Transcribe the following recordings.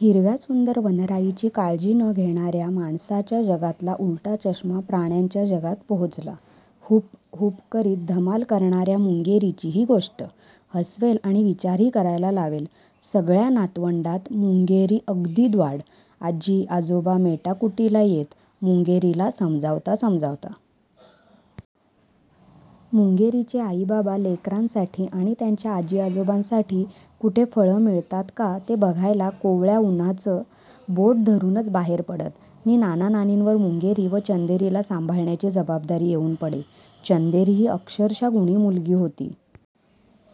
हिरव्या सुंदर वनराईची काळजी न घेणाऱ्या माणसाच्या जगातला उलटा चष्मा प्राण्यांच्या जगात पोहोचला. हुप्प हुप्प करीत धमाल करणाऱ्या मुंगेरीची ही गोष्ट. हसवेल आणि विचारही करायला लावेल- सगळ्या नातवंडात मुंगेरी अगदी द्वाड! आजी-आजोबा मेटाकुटीला येत मुंगेरीला समजावता समजावता. मुंगेरीचे आई-बाबा लेकरांसाठी आणि त्यांच्या आजी-आजोबांसाठी कुठे फळं मिळतात का ते बघायला कोवळ्या उन्हाचं बोट धरूनच बाहेर पडत नि नाना-नानींवर मुंगेरी व चंदेरीला सांभाळण्याची जबाबदारी येऊन पडे. चंदेरी ही अक्षरशः गुणी मुलगी होती.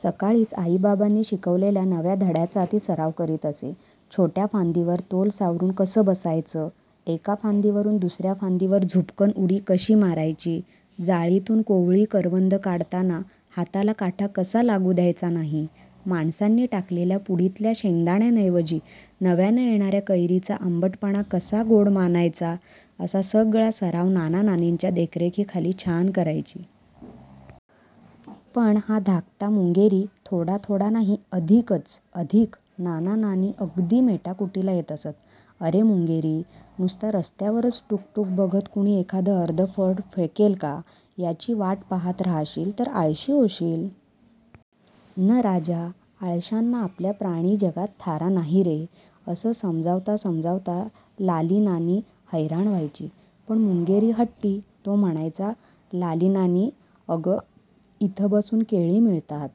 सक्काळीच आई-बाबांनी शिकवलेल्या नव्या धड्याचा ती सराव करीत असे. छोट्या फांदीवर तोल सावरून कसं बसायचं, एका फांदीवरून दुस-या फांदीवर झुपकन् उडी कशी मारायची, जाळीतून कोवळी करवंद काढताना हाताला काटा कसा लागू द्यायचा नाही; माणसांनी टाकलेल्या पुडीतल्या शेंगदाण्याऐंवजी –नव्यानं येणा-या कैरीचा आंबटपणा कसा गोड मानायचा असा सगळा सराव नाना-नानींच्या देखरेखीखाली छान करायची. पण हा धाकटा मुंगेरी- थोडा-थोडा नाही अधिकंच 'अधिक'! नाना-नानी अगदी मेटाकुटीला येत असत. 'अरे, मुंगेरी नुसता रस्त्यावरच टुक् टुक् बघत, कुणी एखादं अर्ध फळ फेकेल का, याची वाट पहात रहाशील तर आळशी होशील. न् राजा, आळशांना आपल्या प्राणी जगात थारा नाही रे! ' असं समजावता समजावता लालीनानी हैराण व्हायची. पण मुंगेरी हट्टी- तो म्हणायचा, 'लाली नानी, अगं, इथं बसून केळी मिळतात,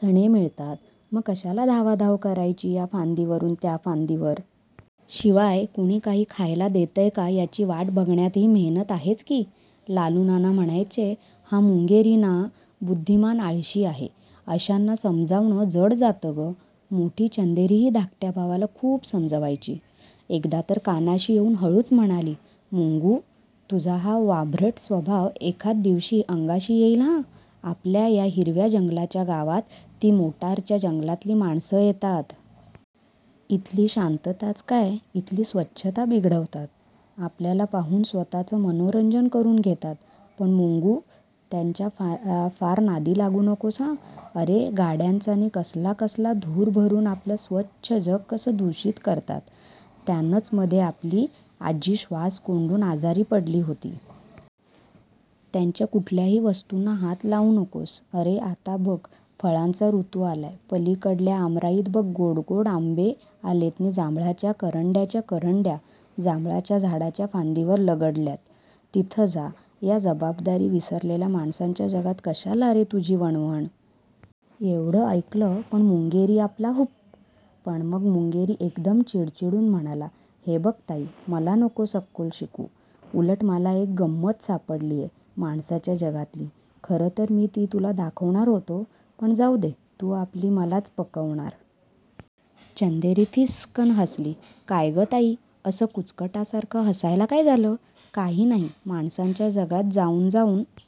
चणे मिळतात, मग कशाला धावाधाव करायची- या फांदीवरून त्या फांदीवर? शिवाय कुणी काही खायला देतंय का याची वाट बघण्यातही मेहनत आहेच की! ' लालू नाना म्हणायचे,'हा-मुंगेरी ना, बुद्धिमान आळशी आहे, अशांना समजावणं जड जातं गं! ' मोठी चंदेरीही धाकट्या भावाला खूप समजावायची. एकदा तर कानाशी येऊन हळूच म्हणाली, 'मुंगू, तुझा हा वाभ्रट स्वभाव एखाद दिवशी अंगाशी येईल हां, आपल्या या हिरव्या जंगलाच्या गावात -ती मोटारच्या जंगलातली माणसं येतात. इथली शांतताच काय, इथली स्वच्छता बिघडवतात. आपल्याला पाहून स्वत:चं मनोरंजन करून घेतात; पण मुंगू, त्यांच्या फार नादी लागू नकोस हां- अरे गाड्यांचा नि कसला कसला धूर भरून आपलं स्वच्छ जग कसं दुषित करतात; त्यानंच मध्ये आपली आजी श्वास कोंडून आजारी पडली होती. त्यांच्या कुठल्याही वस्तूंना हात लावू नकोस; अरे, आता बघ फळांचा ऋतू आलाय; पलीकडल्या आमराईत बघ गोडगोड आंबे आलेत नि जांभळाच्या करंड्याच्या करंड्या- जांभळाच्या झाडाच्या फांदीवर लगडल्यात; तिथं जा. या जबाबदारी विसरलेल्या माणसांच्या जगात कशाला रे – तुझी वणवण-! ' एवढं ऐकलं, पण मुंगेरी आपला 'हुप्प! ' पण मग मुंगेरी एकदम चिडचिडून म्हणाला, 'हे बघ ताई, मला नकोस अक्कल शिकवू! उलट मला एक गम्मत सापडलेय्- माणसाच्या जगातली. खरं तर मी ती तुला दाखवणारं होतो; पण जाऊ दे, तू आपली मलाच 'पकवणार! ' चंदेरी फिस्सकन हसली. 'काय गं ताई, असं कुचकटासारखं हसायला काय झालं? ' 'काही नाही– माणसांच्या जगात जाऊन जाऊन